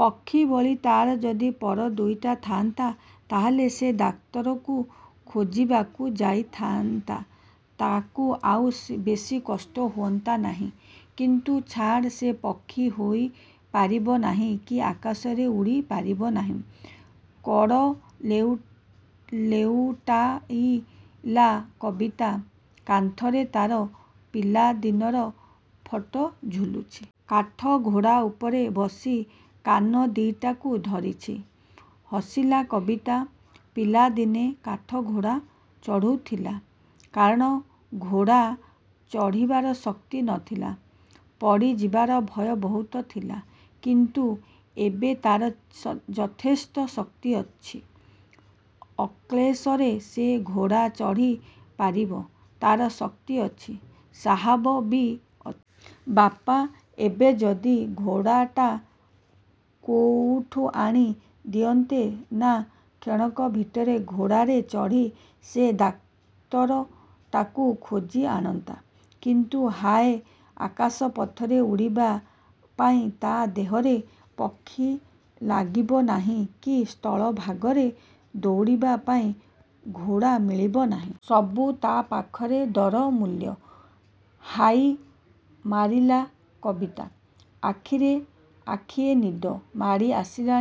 ପକ୍ଷୀଭଳି ତା'ର ଯଦି ପର ଦୁଇଟି ଥା'ନ୍ତା। ତା'ହେଲେ ସେ ଡାକ୍ତରକୁ ଖୋଜିବାକୁ ଯାଇଥା'ନ୍ତା, ତା'କୁ ଆଉ ବେଶି କଷ୍ଟ ହୁଅନ୍ତା ନାହିଁ। କିନ୍ତୁ ଛାଡ଼ ସେ ପକ୍ଷୀ ହୋଇପାରିବ ନାହିଁ, କି ଆକାଶରେ ଉଡ଼ି ପାରିବ ନାହିଁ। କଡ଼ ଲେଉଟାଇଲା କବିତା। କାନ୍ଥରେ ତା'ର ପିଲାଦିନର ଫଟୋ ଝୁଲୁଛି। କାଠଘୋଡ଼ା ଉପରେ ବସି କାନ ଦି'ଟାକୁ ଧରିଛି। ହସିଲା କବିତା। ପିଲାଦିନେ କାଠଘୋଡ଼ା ଚଢ଼ୁଥିଲା। କାରଣ ଘୋଡ଼ା ଚଢ଼ିବାର ଶକ୍ତି ନ ଥିଲା। ପଡ଼ିଯିବାର ଭୟ ବହୁତ ଥିଲା। କିନ୍ତୁ ଏବେ ତା'ର ଯଥେଷ୍ଟ ଶକ୍ତି ଅଛି। ଅକ୍ଳେଶରେ ସେ ଘୋଡ଼ା ଚଢ଼ି ପାରିବ। ତା'ର ଶକ୍ତି ଅଛି, ସାହସ ବି ଅଛି। ବାପା ଏବେ ଯଦି ଘୋଡ଼ାଟା କୋଉଠୁ ଆଣି ଦିଅନ୍ତେ ନା କ୍ଷଣକ ଭିତରେ ଘୋଡ଼ାରେ ଚଢ଼ି ସେ ଡାକ୍ତରଟାକୁ ଖୋଜି ଆଣନ୍ତା। କିନ୍ତୁ ହାଏ ଆକାଶ ପଥରେ ଉଡ଼ିବା ପାଇଁ ତା' ଦେହରେ ପକ୍ଷୀ ଲାଗିବ ନାହିଁ କି ସ୍ଥଳ ଭାଗରେ ଦୌଡ଼ିବା ପାଇଁ ଘୋଡ଼ା ମିଳିବ ନାହିଁ। ସବୁ ତା' ପାଖରେ ଦୂର ମୂଲ୍ୟ। ହାଇ ମାରିଲା କବିତା। ଆଖିରେ ଆଖିଏ ନିଦ ମାଡ଼ି ଆସିଲା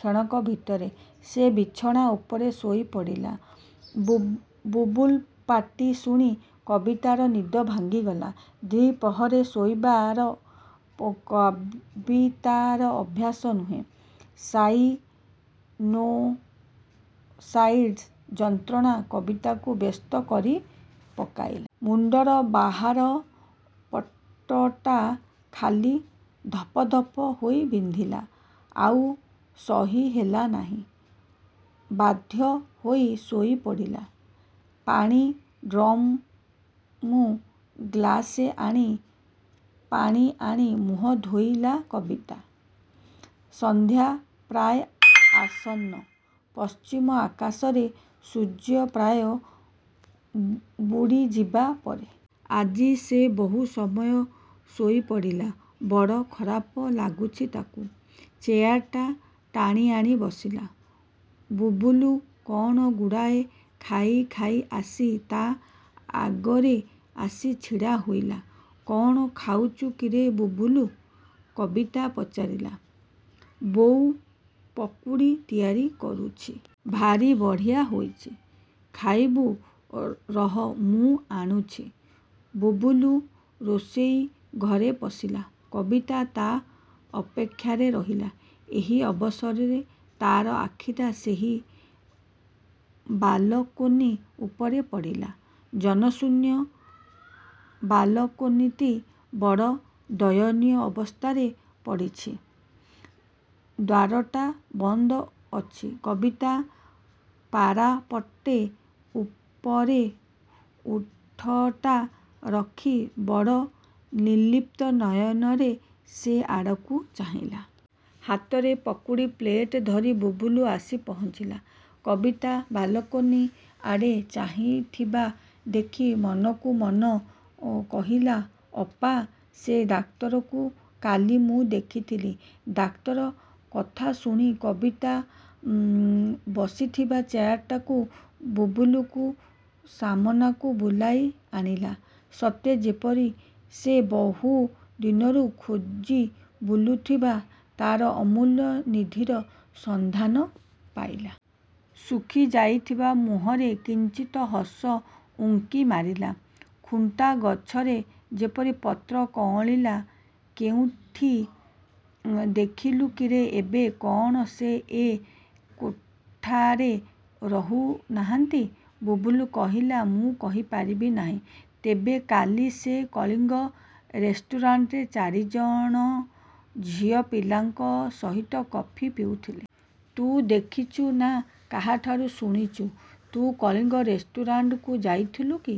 କ୍ଷଣକ ଭିତରେ, ସେ ବିଛଣା ଉପରେ ଶୋଇପଡ଼ିଲା। ବୁବୁଲୁ ପାଟି ଶୁଣି କବିତାର ନିଦ ଭାଙ୍ଗିଗଲା। ଦି'ପ୍ରହରେ ଶୋଇବା କବିତାର ଅଭ୍ୟାସ ନୁହେଁ। ସାଇନୋସାଇଟ୍ସର ଯନ୍ତ୍ରଣା କବିତାକୁ ବ୍ୟସ୍ତ କରି ପକାଇଲା। ମୁଣ୍ଡର ବାହାର ପଟଟା ଖାଲି ଧପ ଧପ ହୋଇ ବିନ୍ଧିଲା। ଆଉ ସହି ହେଲା ନାହିଁ। ବାଧ୍ୟ ହୋଇ ଶୋଇ ପଡ଼ିଲା। ପାଣି ଡମ୍ରୁ ଗ୍ଳାସେ ପାଣି ଆଣି ମୁହଁ ଧୋଇଲା କବିତା। ସନ୍ଧ୍ୟା ପ୍ରାଏ ଆସନ୍ନ। ପଶ୍ଚିମ ଆକାଶରେ ସୂର୍ଯ୍ୟ ପ୍ରାୟ ବୁଡ଼ିଯିବା ଉପରେ। ଆଜି ସେ ବହୁ ସମୟ ଶୋଇ ପଡ଼ିଲା। ବଡ଼ ଖରାପ ଲାଗୁଛି ତା'କୁ। ଚେୟାରଟା ଟାଣିଆଣି ବସିଲା। ବୁବୁଲୁ କ'ଣ ଗୁଡ଼ାଏ ଖାଇ ଖାଇ ଆସି ତା'ଆଗରେ ଆସି ଛିଡ଼ା ହେଲା। କ'ଣ ଖାଉଛୁ କିରେ ବୁବୁଲୁ? କବିତା ପଚାରିଲା। ବୋଉ ପକୁଡ଼ି ତିଆରି କରୁଛି। ଭାରି ବଢ଼ିଆ ହୋଇଛି। ଖାଇବୁ ରହ ମୁଁ ଆଣୁଛି। ବୁବୁଲୁ ରୋଷେଇ ଘରେ ପଶିଲା। କବିତା ତା' ଅପେକ୍ଷାରେ ରହିଲା। ଏହି ଅବସରରେ ତା'ର ଆଖିଟା ସେହି ବାଲକୋନି ଉପରେ ପଡ଼ିଲା। ଜନଶୂନ୍ୟ ବାଲକୋନି ବଡ଼ ଦୟନୀୟ ଅବସ୍ଥାରେ ପଡ଼ିଛି। ଦ୍ୱାରଟା ବନ୍ଦ ଅଛି। କବିତା ପାରାପେଟ ଉପରେ ଓଠଟା ରଖି ବଡ଼ ନିର୍ଲିପ୍ତ ନୟନରେ ସେ ଆଡ଼କୁ ଚାହିଁଲା,। ହାତରେ ପକୁଡ଼ି ପ୍ଳେଟ ଧରି ବୁବୁଲୁ ଆସି ପହଞ୍ଚିଲା। କବିତା ବାଲକୋନି ଆଡ଼େ ଚାହିଁଥିବା ଦେଖି ମନକୁ ମନ କହିଲା ଅପା, ସେ ଡାକ୍ତରକୁ କାଲି ମୁଁ ଦେଖିଥିଲି। ଡାକ୍ତର କଥାଶୁଣି କବିତା ବସିଥିବା ଚେୟାରଟାକୁ ବୁବୁଲୁ ସାମନାକୁ ବୁଲାଇ ଆଣିଲା। ସତେ ଯେପରି ସେ ବହୁ ଦିନରୁ ଖୋଜି ବୁଲୁଥିବା ତା'ର ଅମୂଲ୍ୟ ନିଧିର ସନ୍ଧାନ ପାଇଲା। ଶୁଖିଯାଇଥିବା ମୁହଁରେ କିଞ୍ଚିତ୍ ହସ ଉଙ୍କି ମାରିଲା। ଖୁଣ୍ଟା ଗଛରେ ଯେପରି ପତ୍ର କଅଁଳିଲା। କେଉଁଠି ଦେଖିଥିଲୁ କିରେ ଏବେ କ'ଣ ସେ ଏ କୋଠାରେ ରହୁ ନାହାନ୍ତି? ବୁବୁଲୁ କହିଲା ମୁଁ କହିପାରିବି ନାହିଁ। ତେବେ କାଲି ସେ କଳିଙ୍ଗ ରେଷ୍ଟୁରାଣ୍ଟରେ ଚାରିଜଣ ଝିଅପିଲାଙ୍କ ସହିତ କଫି ପିଉଥିଲେ। ତୁ ଦେଖିଛୁ ନା କାହାଠାରୁ ଶୁଣିଛୁ। ତୁ କଳିଙ୍ଗ ରେଷ୍ଟୁରାଣ୍ଟକୁ ଯାଇଥିଲୁ କି?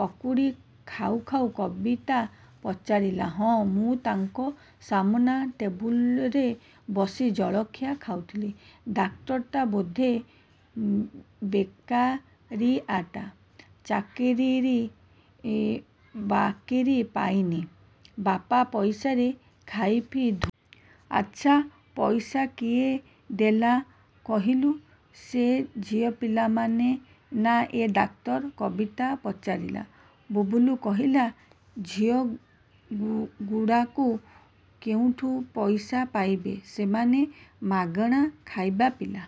ପକୁଡ଼ି ଖାଉ ଖାଉ କବିତା ପଚାରିଲା। ହଁ ମୁଁ ତାଙ୍କ ସାମନା ଟେବୁଲରେ ବସି ଜଳଖିଆ ଖାଉଥିଲି। ଡାକ୍ତରଟା ବୋଧେ ବେକାରିଆଟା। ଚାକିରି ବାକିରି ପାଇନି। ବାପା ପଇସାରେ ଖାଇପିଇ ଧୁମ୍ ମାରୁଛି। ଆଚ୍ଛା ପଇସା କିଏ ଦେଲା କହିଲୁ? ସେ ଝିଅପିଲାମାନେ ନା ଏ ଡାକ୍ତର? କବିତା ପଚାରିଲା। ବୁବୁଲୁ କହିଲା, ଝିଅଗୁଡ଼ାକୁ କେଉଁଠୁ ପଇସା ପାଇବେ। ସେମାନେ ମାଗଣା ଖାଇବା ପିଲା।